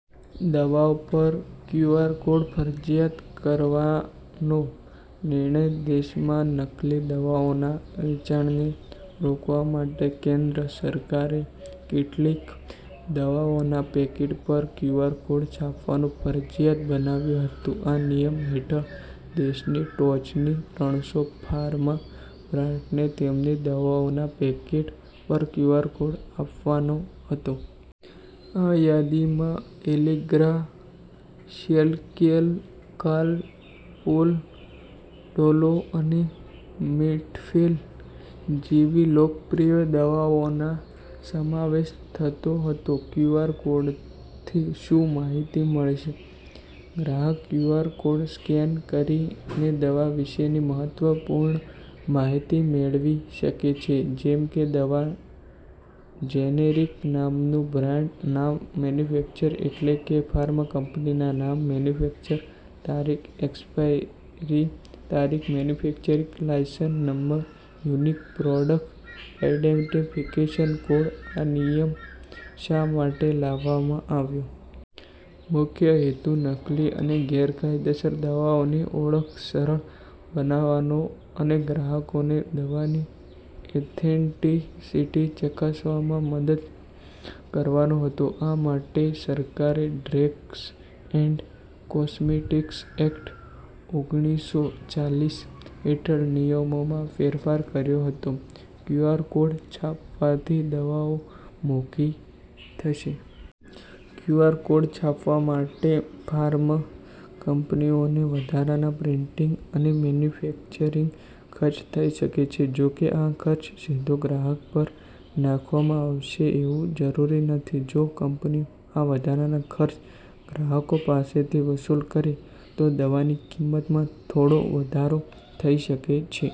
દવાઓ પર QR code ફરજિયાત કરવાનો નિર્ણય દેશમાં નકલી દવાઓના વેચાણને રોકવા માટે કેન્દ્ર સરકારે કેટલીક દવાઓના પેકેટ પર ક્યૂઆર કોડ છાપવાનું ફરજિયાત બનાવ્યું હતું. આ નિયમ હેઠળ દેશની ટોચની ત્રણસો ફાર્મા બ્રાન્ડ્સને તેમની દવાઓના પેકેટ પર ક્યૂઆર કોડ આપવાનો હતો. આ યાદીમાં એલેગ્રા, શેલકેલ, કાલપોલ, ડોલો અને મેફ્ટેલ જેવી લોકપ્રિય દવાઓનો સમાવેશ થતો હતો. ક્યૂઆર કોડથી શું માહિતી મળશે? ગ્રાહક ક્યૂઆર કોડ સ્કેન કરીને દવા વિશેની મહત્વપૂર્ણ માહિતી મેળવી શકે છે, જેમ કે: દવાનું જેનેરિક નામ બ્રાન્ડનું નામ મેન્યુફેક્ચરર એટલે કે ફાર્મા કંપનીનું નામ મેન્યુફેક્ચરિંગ તારીખ એક્સપાયરી તારીખ manufacturing licence number unique product identification code આ નિયમ શા માટે લાવવામાં આવ્યો? મુખ્ય હેતુ નકલી અને ગેરકાયદેસર દવાઓની ઓળખ સરળ બનાવવાનો અને ગ્રાહકોને દવાની ઓથેન્ટિસિટી ચકાસવામાં મદદ કરવાનો હતો. આ માટે સરકારે ડ્રગ્સ એન્ડ કોસ્મેટિક્સ એક્ટ, ઓગણીસો ચાલીસ હેઠળ નિયમોમાં ફેરફાર કર્યો હતો. ક્યૂઆર કોડ છાપવાથી દવાઓ મોંઘી થશે? ક્યૂઆર કોડ છાપવા માટે ફાર્મા કંપનીઓને વધારાનો પ્રિન્ટિંગ અને મેન્યુફેક્ચરિંગ ખર્ચ થઈ શકે છે. જોકે, આ ખર્ચ સીધો ગ્રાહક પર નાખવામાં આવશે એવું જરૂરી નથી. જો કંપનીઓ આ વધારાનો ખર્ચ ગ્રાહકો પાસેથી વસૂલ કરે, તો દવાની કિંમતમાં થોડો વધારો થઈ શકે છે.